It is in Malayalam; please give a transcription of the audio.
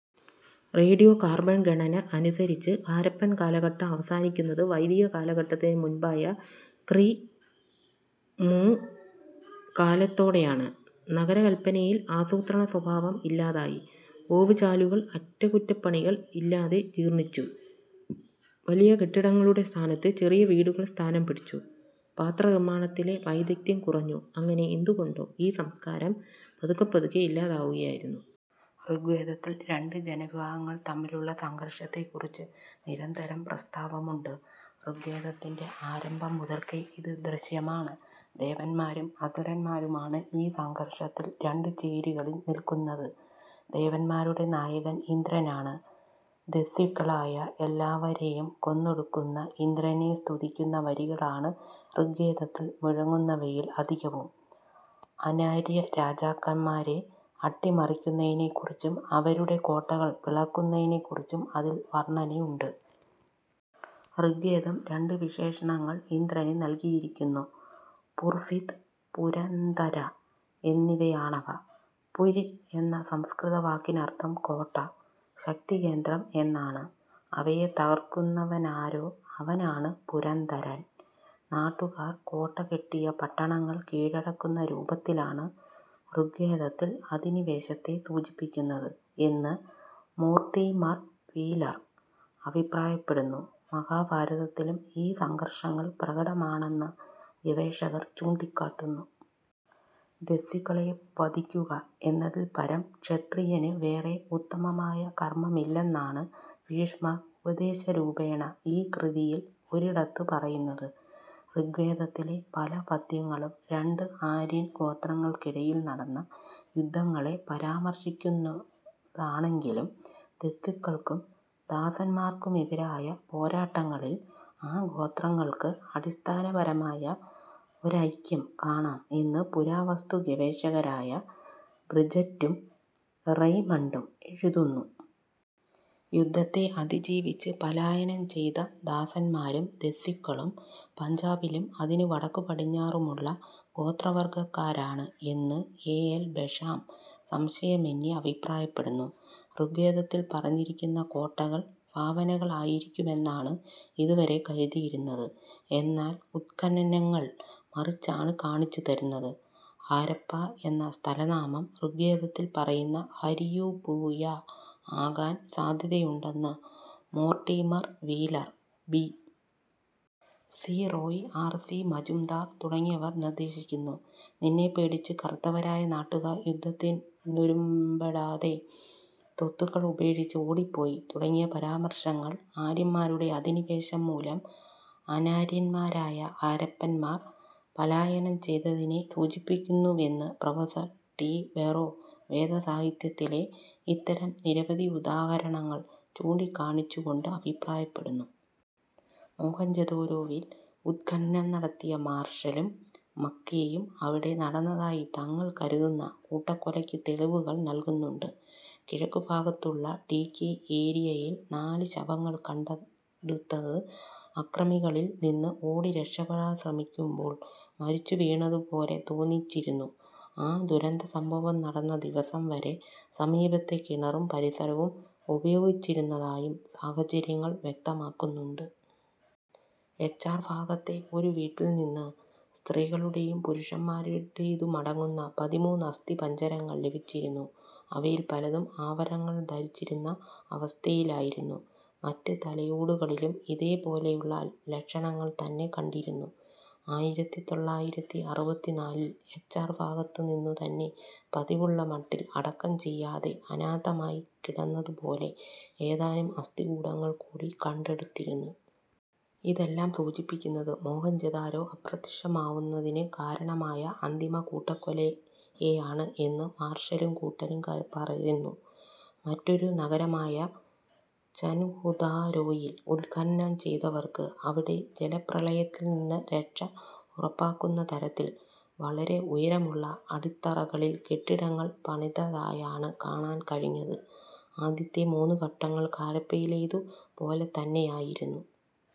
റേഡിയോ കാർബൺ ഗണന അനുസരിച്ച് ഹാരപ്പൻ കാലഘട്ടം അവസാനിക്കുന്നത് വൈദിക കാലഘട്ടത്തിനു മുൻപായ ക്രി. മു. കാലത്തോടെയാണ്. നഗരകല്പനയിൽ ആസൂത്രണസ്വഭാവം ഇല്ലാതായി. ഓവുചാലുകൾ അറ്റകുറ്റപ്പണികൾ ഇല്ലാതെ ജീർണ്ണിച്ചു. വലിയ കെട്ടിടങ്ങളുടെ സ്ഥാനത്ത് ചെറിയ വീടുകൾ സ്ഥാനം പിടിച്ചു. പാത്രനിർമ്മാണത്തിലെ വൈദഗ്ദ്ധ്യം കുറഞ്ഞു. അങ്ങനെ എന്തുകൊണ്ടോ ഈ സംസ്കാരം പതുക്കെപ്പതുക്കെ ഇല്ലാതാവുകയായിരുന്നു. ഋഗ്വേദത്തിൽ രണ്ട് ജനവിഭാഗങ്ങൾ തമ്മിലുള്ള സംഘർഷത്തെക്കുറിച്ച് നിരന്തരം പ്രസ്താവമുണ്ട്. ഋഗ്വേദത്തിൻ്റെ ആരംഭം മുതൽക്കേ ഇത് ദൃശ്യമാണ്. ദേവന്മാരും അസുരന്മാരുമാണ് ഈ സംഘർഷത്തിൽ രണ്ട് ചേരികളിൽ നിൽക്കുന്നത്. ദേവന്മാരുടെ നായകൻ ഇന്ദ്രനാണ്. ദസ്യുക്കളായ എല്ലാവരേയും കൊന്നൊടുക്കുന്ന ഇന്ദ്രനെ സ്തുതിക്കുന്ന വരികളാണ് ഋഗ്വേദത്തിൽ മുഴങ്ങുന്നവയിൽ അധികവും. അനാര്യരാജാക്കന്മാരെ അട്ടിമറിക്കുന്നതിനെക്കുറിച്ചും അവരുടെ കോട്ടകൾ പിളർക്കുന്നതിനെക്കുറിച്ചും അതിൽ വർണ്ണനയുണ്ട്. ഋഗ്വേദം രണ്ട് വിശേഷണങ്ങൾ ഇന്ദ്രന് നൽകിയിരിക്കുന്നു, പുർഭിദ്, പുരന്ദര എന്നിവയാണവ. പുര് എന്ന സംസ്കൃത വാക്കിനർത്ഥം കോട്ട, ശക്തികേന്ദ്രം എന്നാണ്. അവയെ തകർക്കുന്നവനാരോ അവനാണ് പുരന്ദരൻ. നാട്ടുകാർ കോട്ട കെട്ടിയ പട്ടണങ്ങൾ കീഴടക്കുന്ന രൂപത്തിലാണ് ഋഗ്വേദത്തിൽ അധിനിവേശത്തെ സൂചിപ്പിക്കുന്നത് എന്ന് മോർട്ടീമർ വീലർ അഭിപ്രായപ്പെടുന്നു. മഹാഭാരതത്തിലും ഈ സംഘർഷങ്ങൾ പ്രകടമാണെന്ന് ഗവേഷകർ ചൂണ്ടിക്കാട്ടുന്നു. ദസ്യുക്കളെ വധിക്കുക എന്നതിൽപരം ക്ഷത്രിയന് വേറെ ഉത്തമമായ കർമ്മമില്ലെന്നാണ് ഭീഷ്മർ ഉപദേശരൂപേണ ഈ കൃതിയിൽ ഒരിടത്ത് പറയുന്നത്. ഋഗ്വേദത്തിലെ പല പദ്യങ്ങളും രണ്ട് ആര്യൻ ഗോത്രങ്ങൾക്കിടയിൽ നടന്ന യുദ്ധങ്ങളെ പരാമർശിക്കുന്നതാണെങ്കിലും ദസ്യുക്കൾക്കും ദാസന്മാർക്കുമെതിരായ പോരാട്ടങ്ങളിൽ ആ ഗോത്രങ്ങൾക്ക് അടിസ്ഥാനപരമായ ഒരൈക്യം കാണാം എന്ന് പുരാവസ്തു ഗവേഷകരായ ബ്രിജറ്റും റെയ്മണ്ടും എഴുതുന്നു. യുദ്ധത്തെ അതിജീവിച്ച് പാലായനം ചെയ്ത ദാസന്മാരും ദസ്യുക്കളും പഞ്ചാബിലും അതിനു വടക്കുപടിഞ്ഞാറുമുള്ള ഗോത്രവർഗ്ഗക്കാരാണ് എന്ന് എ. എൽ. ബഷാം സംശയമെന്യേ അഭിപ്രായപ്പെടുന്നു. ഋഗ്വേദത്തിൽ പറഞ്ഞിരിക്കുന്ന കോട്ടകൾ ഭാവനകൾ ആയിരിക്കുമെന്നാണ് ഇതുവരെ കരുതിയിരുന്നത്. എന്നാൽ ഉത്ഖനനങ്ങൾ മറിച്ചാണ് കാണിച്ചുതരുന്നത്. ഹരപ്പാ എന്ന സ്ഥലനാമം ഋഗ്വേദത്തിൽ പറയുന്ന ഹരിയൂപുയാ ആകാൻ സാധ്യതയുണ്ടെന്ന് Mortimer Wheeler, B. C. Roy, R. C. Majumdar തുടങ്ങിയവർ നിർദ്ദേശിക്കുന്നു. നിന്നെപ്പേടിച്ച് കറുത്തവരായ നാട്ടുകാർ യുദ്ധത്തിനൊരുമ്പെടാതെ സ്വത്തുക്കൾ ഉപേക്ഷിച്ച് ഓടിപ്പോയി തുടങ്ങിയ പരാമർശങ്ങൾ ആര്യന്മാരുടെ അധിനിവേശം മൂലം അനാര്യന്മാരായ ഹരപ്പന്മാർ പാലായനം ചെയ്തതിനെ സൂചിപ്പിക്കുന്നുവെന്ന് പ്രൊഫസ്സർ ടി. ബറോ വേദസാഹിത്യത്തിലെ ഇത്തരം നിരവധി ഉദാഹരണങ്ങൾ ചൂണ്ടിക്കാണിച്ചുകൊണ്ട് അഭിപ്രായപ്പെടുന്നു. മൊഹൻജൊദാരോവിൽ ഉത്ഖനനം നടത്തിയ മാർഷലും മക്കേയും അവിടെ നടന്നതായി തങ്ങൾ കരുതുന്ന കൂട്ടക്കൊലയ്ക്ക് തെളിവുകൾ നൽകുന്നുണ്ട്. കിഴക്കുഭാഗത്തുള്ള ഡി കെ ഏരിയയിൽ നാല് ശവങ്ങൾ കണ്ടെടുത്തത് അക്രമികളിൽ നിന്ന് ഓടി രക്ഷപ്പെടാൻ ശ്രമിക്കുമ്പോൾ മരിച്ചുവീണതുപോലെ തോന്നിച്ചിരുന്നു. ആ ദുരന്തസംഭവം നടന്ന ദിവസം വരെ സമീപത്തെ കിണറും പരിസരവും ഉപയോഗിച്ചിരുന്നതായും സാഹചര്യങ്ങൾ വ്യക്തമാക്കുന്നുണ്ട്. എച്ച്.ആർ ഭാഗത്തെ ഒരു വീട്ടിൽ നിന്ന് സ്ത്രീകളുടേതും പുരുഷന്മാരുടേതുമടങ്ങുന്ന പതിമൂന്ന് അസ്ഥിപഞ്ജരങ്ങൾ ലഭിച്ചിരുന്നു. അവയിൽ പലതും ആഭരണങ്ങൾ ധരിച്ചിരുന്ന അവസ്ഥയിലായിരുന്നു. മറ്റു തലയോടുകളിലും ഇതേ പോലെയുള്ള ലക്ഷണങ്ങൾ തന്നെ കണ്ടിരുന്നു. ആയിരത്തി തൊള്ളായിരത്തി അറുപത്തിനാലിൽ എച്ച് ആർ ഭാഗത്തുനിന്നുതന്നെ പതിവുള്ള മട്ടിൽ അടക്കം ചെയ്യാതെ അനാഥമായി കിടന്നതുപോലെ ഏതാനും അസ്ഥികൂടങ്ങൾ കൂടി കണ്ടെടുത്തിരുന്നു. ഇതെല്ലാം സൂചിപ്പിക്കുന്നത് മോഹെൻജൊദാരോ അപ്രത്യക്ഷമാവുന്നതിന് കാരണമായ അന്തിമ കൂട്ടക്കൊലയെയാണ് എന്ന് മാർഷലും കൂട്ടരും പറയുന്നു. മറ്റൊരു നഗരമായ ചൻഹുദാരോയിൽ ഉത്ഖനനം ചെയ്തവർക്ക് അവിടെ ജലപ്രളയത്തിൽ നിന്ന് രക്ഷ ഉറപ്പാക്കുന്ന തരത്തിൽ വളരെ ഉയരമുള്ള അടിത്തറകളിൽ കെട്ടിടങ്ങൾ പണിതതായാണ് കാണാൻ കഴിഞ്ഞത്. ആദ്യത്തെ മൂന്ന് ഘട്ടങ്ങൾ ഹാരപ്പയിലേതുപോലെത്തന്നെയായിരുന്നു.